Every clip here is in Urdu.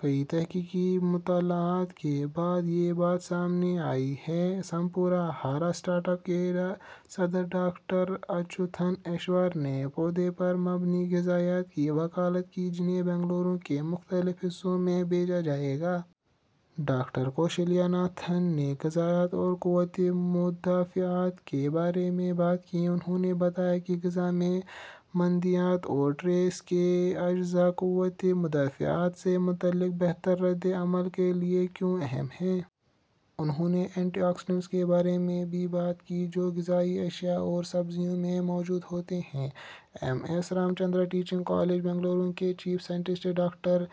کئی تحقیقی مطالعات کے بعد یہ بات سامنے آئی ہے۔ ''سمپورن آہار'' اسٹارٹ اپ کے صدر ڈاکٹر اچوتن ایشور نے پودے پر مبنی غذائیت کی وکالت کی جنہیں بنگلورو کے مختلف حصوں میں بھیجا جائے گا۔ ڈاکٹر کوشلیا ناتھن نے غذائیت اور قوت مدافعت کے بارے میں بات کی۔ انہو ں نے بتایا کہ غذا میں معدنیات اور ٹریس کے اجزاء قوت مدافعت سے متعلق بہتر رد عمل کے لئے کیوں اہم ہیں۔ انہوں نے اینٹی آکسی ڈینٹ کے بارے میں بھی بات کی جو غذائی اشیاء اور سبزیوں میں موجود ہوتے ہیں۔ M S Ramaiah teaching college, Bengaluru کے چیف سائنسداں ڈاکٹر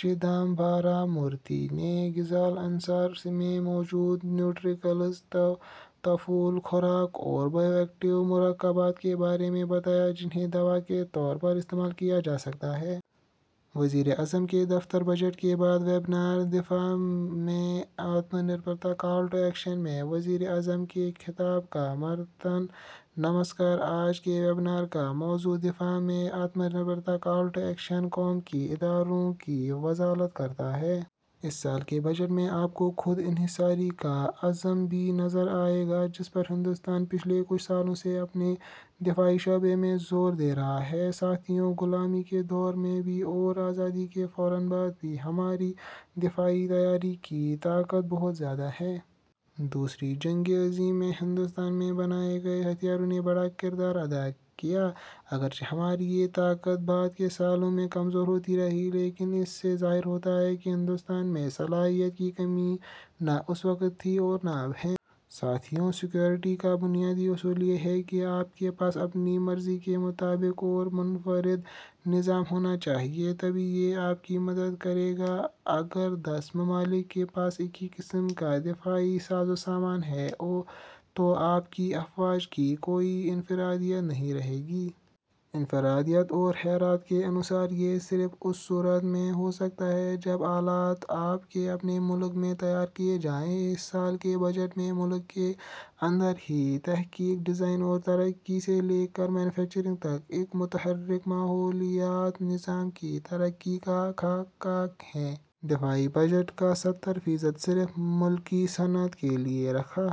چدمبرم مورتی نے غذائی عناصر میں موجود نیوٹراسیوٹیکلز، تفاعلی خوراک اور بائیو ایکٹیو مرکبات کے بارے میں بتایا جنہیں دوا کے طور پر استعمال کیا جاسکتا ہے۔ وزیراعظم کا دفتر بجٹ کے بعد ویبینار 'دفاع میں آتم نربھرتا کال ٹو ایکشن' میں وزیر اعظم کے خطاب کا متن نمسکار! آج کے ویبنار کا موضوع، دفاع میں آتم نربھرتا کال ٹو ایکشن، قوم کے ارادوں کی وضاحت کرتا ہے۔ اس سال کے بجٹ میں آپ کو خود انحصاری کا عزم بھی نظر آئے گا جس پر ہندوستان پچھلے کچھ سالوں سے اپنے دفاعی شعبے میں زور دے رہا ہے۔ ساتھیوں، غلامی کے دور میں بھی اور آزادی کے فوراً بعد بھی ہماری دفاعی تیاری کی طاقت بہت زیادہ تھی۔ دوسری جنگ عظیم میں ہندوستان میں بنائے گئے ہتھیاروں نے بڑا کردار ادا کیا۔ اگرچہ ہماری یہ طاقت بعد کے سالوں میں کمزور ہوتی رہی، لیکن اس سے ظاہر ہوتا ہے کہ ہندوستان میں صلاحیت کی کمی نہ اس وقت تھی اور نہ اب ہے۔ ساتھیوں، سیکورٹی کا بنیادی اصول یہ ہے کہ آپ کے پاس اپنی مرضی کے مطابق اور منفرد نظام ہونا چاہیے، تبھی یہ آپ کی مدد کرے گا۔ اگر دس ممالک کے پاس ایک ہی قسم کا دفاعی سازوسامان ہے تو آپ کی افواج کی کوئی انفرادیت نہیں رہے گی۔ انفرادیت اور حیرت کا عنصر، یہ صرف اس صورت میں ہو سکتا ہے جب آلات آپ کے اپنے ملک میں تیار کیے جائیں۔ اس سال کے بجٹ میں ملک کے اندر ہی تحقیق، ڈیزائن اور ترقی سے لے کر مینوفیکچرنگ تک ایک متحرک ماحولیاتی نظام کی ترقی کا خاکہ ہے۔ دفاعی بجٹ کا ستر فیصد صرف ملکی صنعت کے لیے رکھا